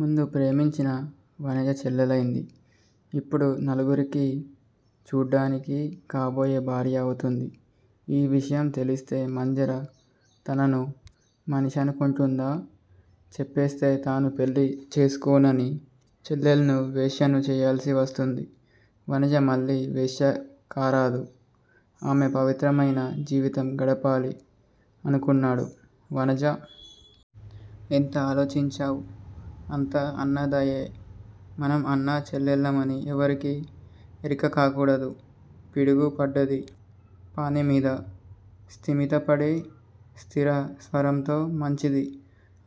ముందు ప్రేమించిన వనజ చెల్లెలైంది. ఇప్పుడు నలుగురికీ చూడ్డానికి కాబోయే భార్య అవుతుంది. ఈ విషయం తెలుస్తే మంజరి తనను మనిషనుకుంటుందా? చెప్పేస్తే తాను పెళ్ళి చేసుకోనని! చెల్లెల్ను వేశ్యను చేయాల్సివస్తుంది. వనజ మళ్ళీ వేశ్య కారాదు. ఆమె పవిత్రమైన జీవితం గడపాలి అనుకున్నాడు. వనజ! ఎంత ఆలోచించావ్? అంతా అన్నదయే. మనం అన్నా, చెల్లెళ్ళమని ఎవ్వరికి ఎరిక కాకూడదు. పిడుగు పడ్డది పాణిమీద. స్తిమితపడి స్థిరస్వరంతో, మంచిది,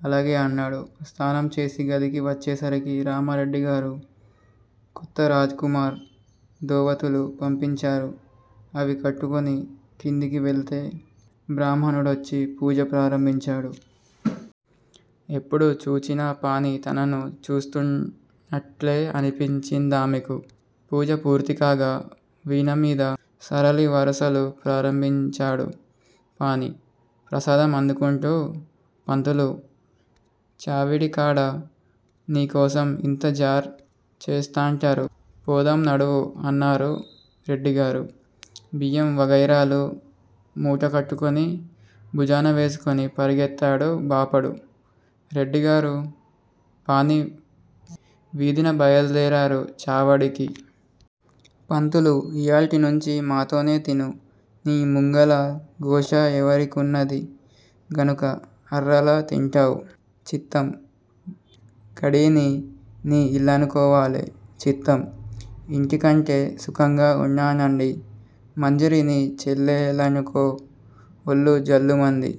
అలాగే అన్నాడు. స్నానం చేసి గదికి వచ్చేసరికి రామారెడ్డిగారు కొత్త రాజ్ కుమార్ ధోవతులు పంపించారు. అవి కట్టుకొని క్రిందికి వెళ్తే బ్రాహ్మణుడొచ్చి పూజ ప్రారంభించాడు. ఎప్పుడు చూచినా పాణి తనను చూస్తునట్లే అనిపించిందామెకు. పూజ పూర్తికాగా వీణమీద సరళి వరుసలు ప్రారంభించాడు పాణి. ప్రసాదం అందుకుంటూ పంతులూ! చావిడికాడ నీకోసం ఇంతజార్ చేస్తాంటరు, పోదం నడువు అన్నారు రెడ్డిగారు. బియ్యం వగైరాలు మూటకట్టుకొని భుజాన వేసుకొని పెరిగెత్తాడు బాపడు. రెడ్డిగారూ, పాణి వీధిన బయల్దేరారు చావడికి. పంతులూ! ఇయాల్టినుంచి మాతోనే తిను. నీ ముంగల గోషా ఎవరికున్నది గనుక అర్రల తింటవ్? చిత్తం. గడీని నీ ఇల్లనుకోవాలె. చిత్తం. ఇంటికంటే సుఖంగా ఉన్నానండీ! మంజరి నీ చెల్లెలనుకో ఒళ్ళు జల్లుమంది.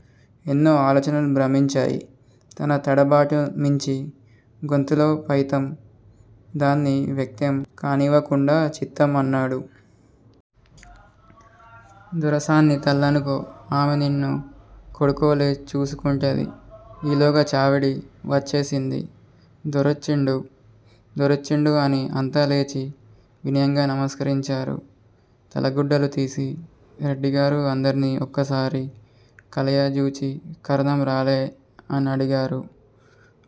ఎన్నో ఆలోచనలు భ్రమించాయి. తన తడబాటు మించి, గొంతులో పైతం దాన్ని వ్యక్తం కానివ్వకుండా 'చిత్తం' అన్నాడు. దొరసాన్ని తల్లనుకో. ఆమె నిన్ను కొడుకోలే చూసుకుంటది. ఈలోగా చావిడి వచ్చేసింది. దొరొచ్చిండు. దొరొచ్చిండు అని అంతా లేచి వినయంగా నమస్కరించారు, తలగుడ్డలు తీసి. రెడ్డిగారు అందర్నీ ఒక్కసారి కలయజూచి కరణం రాలే అనడిగారు.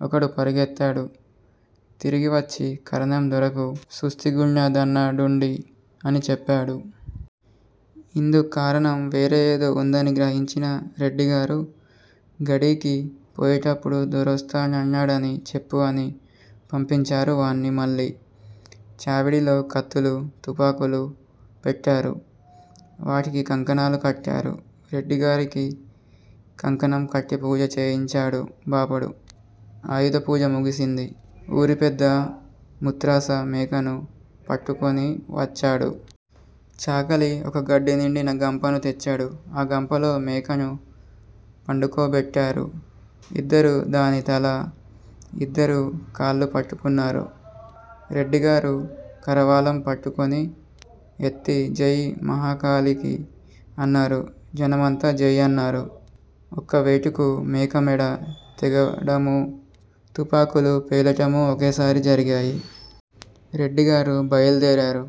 ఒకడు పరిగెత్తాడు. తిరిగివచ్చి కరణం దొరకు సుస్తిగున్నదన్నడుండి అని చెప్పాడు. ఇందుక్కారణం వేరే ఏదో ఉందని గ్రహించిన రెడ్డిగారు గడీకి పోయేటప్పుడు దొరొస్తనన్నడని చెప్పు అని పంపించారు వాణ్ని మళ్ళీ. చావిడిలో కత్తులూ, తుపాకులూ పెట్టారు. వాటికి కంకణాలు కట్టారు. రెడ్డిగారికి కంకణం కట్టి పూజ చేయించాడు బాపడు. ఆయుధపూజ ముగిసింది. ఊరిపెద్ద ముత్రాస మేకను పట్టుకొనివచ్చాడు. చాకలి ఒక గడ్డినిండిన గంప తెచ్చాడు. ఆ గంపలో మేకను పండుకోబెట్టారు. ఇద్దరు దాని తల, ఇద్దరూ కాళ్ళూ పట్టుకున్నారు. రెడ్డిగారు కరవాలం పుచ్చుకొని యెత్తి జై మహాకాళికి అన్నారు. జనమంతా జై అన్నారు. ఒక్కవేటుకు మేక మెడ తెగడమూ, తుపాకులు పేలటమూ ఒకేసారి జరిగాయి. రెడ్డిగారు బైల్దేరారు.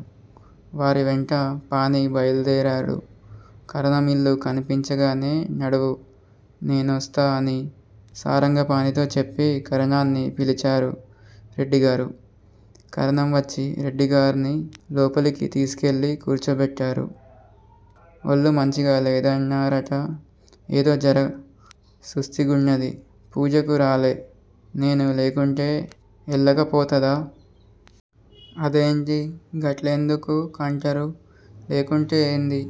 వారివెంట పాణి బైల్దేరాడు. కరణం ఇల్లు కనిపించగానే నడువు, నేనొస్త అని సారంగపాణితో చెప్పి కరణాన్ని పిలిచారు రెడ్డిగారు. కరణం వచ్చి రెడ్డిగార్ని లోపలికి తీసికెళ్ళి కూర్చోబెట్టారు. ఒళ్ళు మంచిగ లేదన్నరట? ఏదో జర సుస్తీగున్నది. పూజకు రాలే? నేను లేకుంటే ఎళ్ళకపోతదా? అదేంది. గట్లెందుకుకంటరు? లేకుంటే ఏంది?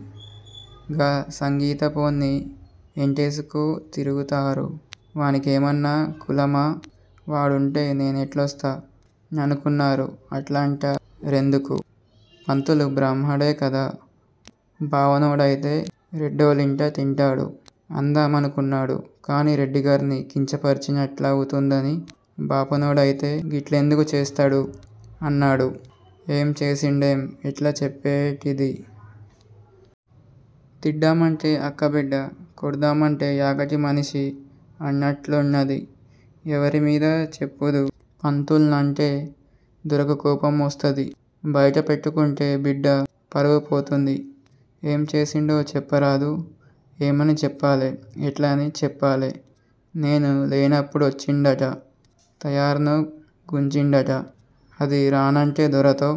గా సంగీతపోన్ని ఎంటేసుక తిరుగుతారు. వానికేమన్న కులమా? వాడుంటే నేనెట్లొస్త ననుకున్నరు? అట్లంటరెందుకు? పంతులు బ్రాహ్మడే కద! 'బావ నోడైతే రెడ్డోళ్ళింట్ల తింటాడు? ' అందామనుకున్నాడు. కాని రెడ్డిగార్ని కించపర్చినట్లవుతుందని బాపనోడైతే గిట్లెందుకు చేస్తడు! అన్నాడు. ఏం చేసిండేం! ఎట్ల చెప్పేటిది? తిడ్డామంటే అక్కబిడ్డ, కొడ్దామంటే యాకటి మనిషి అన్నట్లున్నది. ఎవరిమీద చెప్పుదు? పంతుల్నంటే దొరకు కోపమొస్తది. బయట పెట్టుకుంటే బిడ్డ పరువు పోతుంది. ఏం చేసిండో చెప్పరాదు? ఏమని చెప్పాలే. ఎట్లని చెప్పాలే, నేను లేనప్పుడొచ్చిండట. తాయార్ను గుంజిండంట. అది రానంటే దొరతో